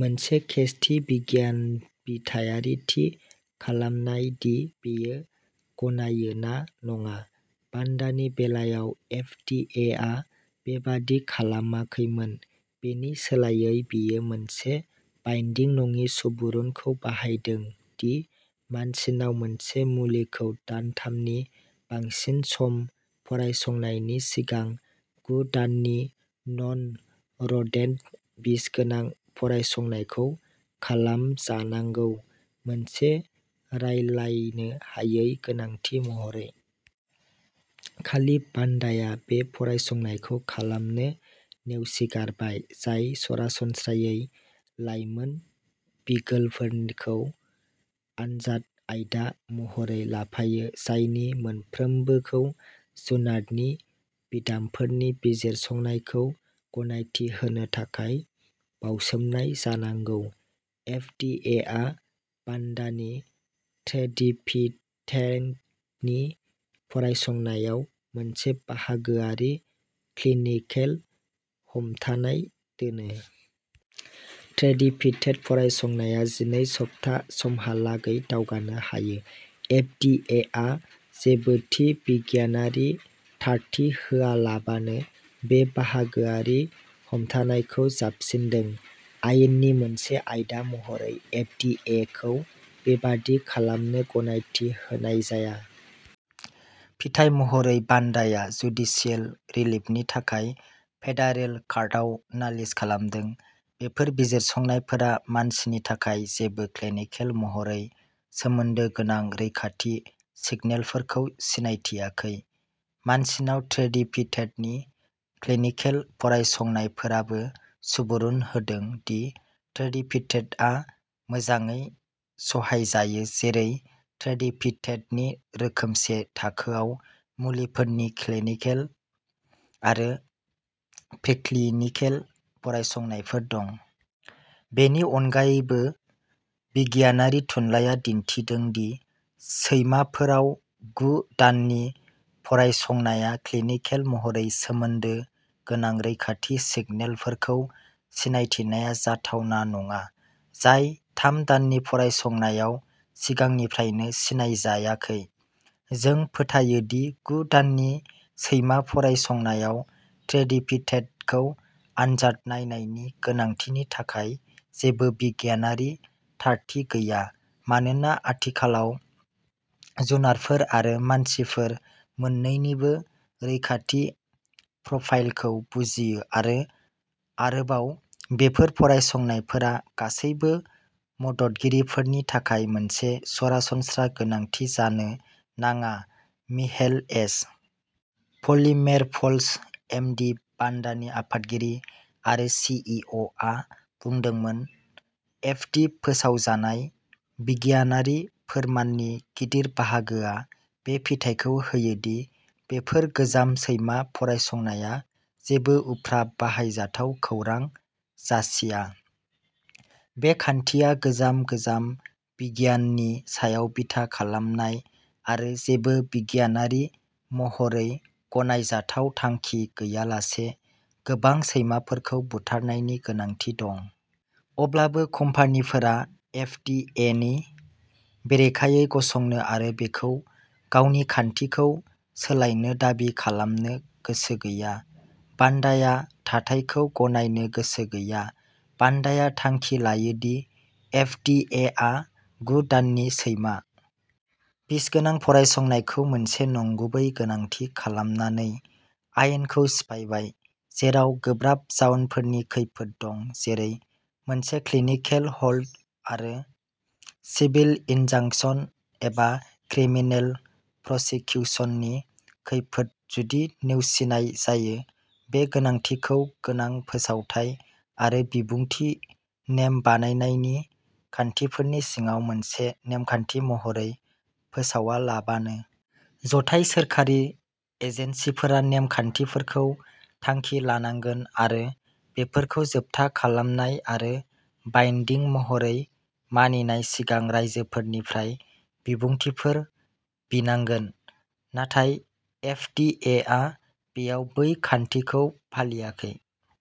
मोनसे केस थि बिगियानबिथायारि थि खालामनाय दि बेयो गनायो ना नङा। भान्डानि बेलायाव एफ डि ए आ बेबादि खालामाखैमोन। बेनि सोलायै बेयो मोनसे बाइन्दिं नङि सुबुरुनखौ बाहायदों दि मानसिनाव मोनसे मुलिखौ दानथामनि बांसिन सम फरायसंनायनि सिगां गु दाननि नन र'डेन्ट बिसगोनां फरायसंनायखौ खालामजानांगौ मोनसे रायलायनो हायै गोनांथि महरै। खालि भान्डाया बे फरायसंनायखौ खालामनो नेवसिगारबाय जाय सरासनस्रायै लाइमोन बिगोलफोरखौ आनजाद आयदा महरै लाफायो जायनि मोनफ्रोमबोखौ जुनारनि बिदामफोरनि बिजिरसंनायखौ गनायथि होनो थाखाय बावसोमनाय जानांगौ एफ डि ए आ भान्डानि ट्रेडिपिटेंटनि फरायसंनायाव मोनसे बाहागोआरि क्लिनिकेल हमथानाय दोनो। ट्रेडिपिटेट फरायसंनाया जिनै सप्ता समहालागै दावगानो हायो। एफ डि ए आ जेबो थि बिगियानारि थारथि होआलाबानो बे बाहागोआरि हमथानायखौ जाबसिनदों। आयेननि मोनसे आयदा महरै एफ डि ए खौ बेबादि खालामनो गनायथि होनाय जाया। फिथाय महरै भान्डाया जुडिसियेल रिलिफनि थाखाय फेडारेल कर्टआव नालिस खालामदों। बेफोर बिजिरसंनायफोरा मानसिनि थाखाय जेबो क्लिनिकेल महरै सोमोन्दो गोनां रैखाथि सिगनेलफोरखौ सिनायथियाखै। मानसिनाव ट्रेडिपिटेटनि क्लिनिकेल फरायसंनायफोराबो सुबुरुन होदों दि ट्रेडिपिटेंटआ मोजाङै सहायजायो जेरै ट्रेडिपिटेटनि रोखोमसे थाखोआव मुलिफोरनि क्लिनिकेल आरो प्रिक्लिनिकेल फरायसंनायफोर दं। बेनि अनगायैबो बिगियानारि थुनलाइया दिन्थिदों दि सैमाफोराव गु दाननि फरायसंनाया क्लिनिकेल महरै सोमोन्दो गोनां रैखाथि सिगनेलफोरखौ सिनायथिनाया जाथावना नङा जाय थाम दाननि फरायसंनायाव सिगांनिफ्रायनो सिनायजायाखै। जों फोथायो दि गु दाननि सैमा फरायसंनायाव ट्रेडिपिटेटखौ आनजाद नायनायनि गोनांथिनि थाखाय जेबो बिगियानारि थारथि गैया मानोना आथिखालाव जुनारफोर आरो मानसिफोर मोन्नैनिबो रैखाथि प्रफाइलखौ बुजियो आरो आरोबाव, बेफोर फरायसंनायफोरा गासैबो मददगिरिफोरनि थाखाय मोनसे सरासनस्रा गोनांथि जानो नाङा Mihael H Polymeropoulos M D भान्डानि आफादगिरि आरो सि इ अ आ बुंदोंमोन। एफ डि फोसावजानाय बिगियानारि फोरमाननि गिदिर बाहागोआ बे फिथाइखौ होयो दि बेफोर गोजाम सैमा फरायसंनाया जेबो उफ्रा बाहायजाथाव खौरां जासिया। बे खान्थिया गोजाम गोजाम बिगियाननि सायाव बिथा खालामनाय आरो जेबो बिगियानारि महरै गनायजाथाव थांखि गैयालासे गोबां सैमाफोरखौ बुथारनायनि गोनांथि दं। अब्लाबो कम्पानिफोरा एफ डि ए नि बेरेखायै गसंनो आरो बेखौ गावनि खान्थिखौ सोलायनो दाबि खालामनो गोसो गैया। भान्डाया थाथायखौ गनायनो गोसो गैया। भान्डाया थांखि लायो दि एफ डि ए आ गु दाननि सैमा बिसगोनां फरायसंनायखौ मोनसे नंगुबै गोनांथि खालामनानै आयेनखौ सिफायबाय जेराव गोब्राब जाउनफोरनि खैफोद दं जेरै मोनसे क्लिनिकेल होल्ड आरो सिभिल इनजांक्सन एबा क्रिमिनेल प्रसिकिउसननि खैफोद जुदि नेवसिनाय जायो बे गोनांथि खौ गोनां फोसावथाइ आरो बिबुंथि नेम बानायनायनि खान्थिफोरनि सिङाव मोनसे नेमखान्थि महरै फोसावालाबानो। जथाय सोरखारि एजेन्सिफोरा नेमखान्थिफोरखौ थांखि लानांगोन आरो बेफोरखौ जोबथा खालामनाय आरो बाइन्डिं महरै मानिनाय सिगां राइजोफोरनिफ्राय बिबुंथिफोर बिनांगोन नाथाय एफ डि ए आ बेयाव बै खान्थिखौ फालियाखै।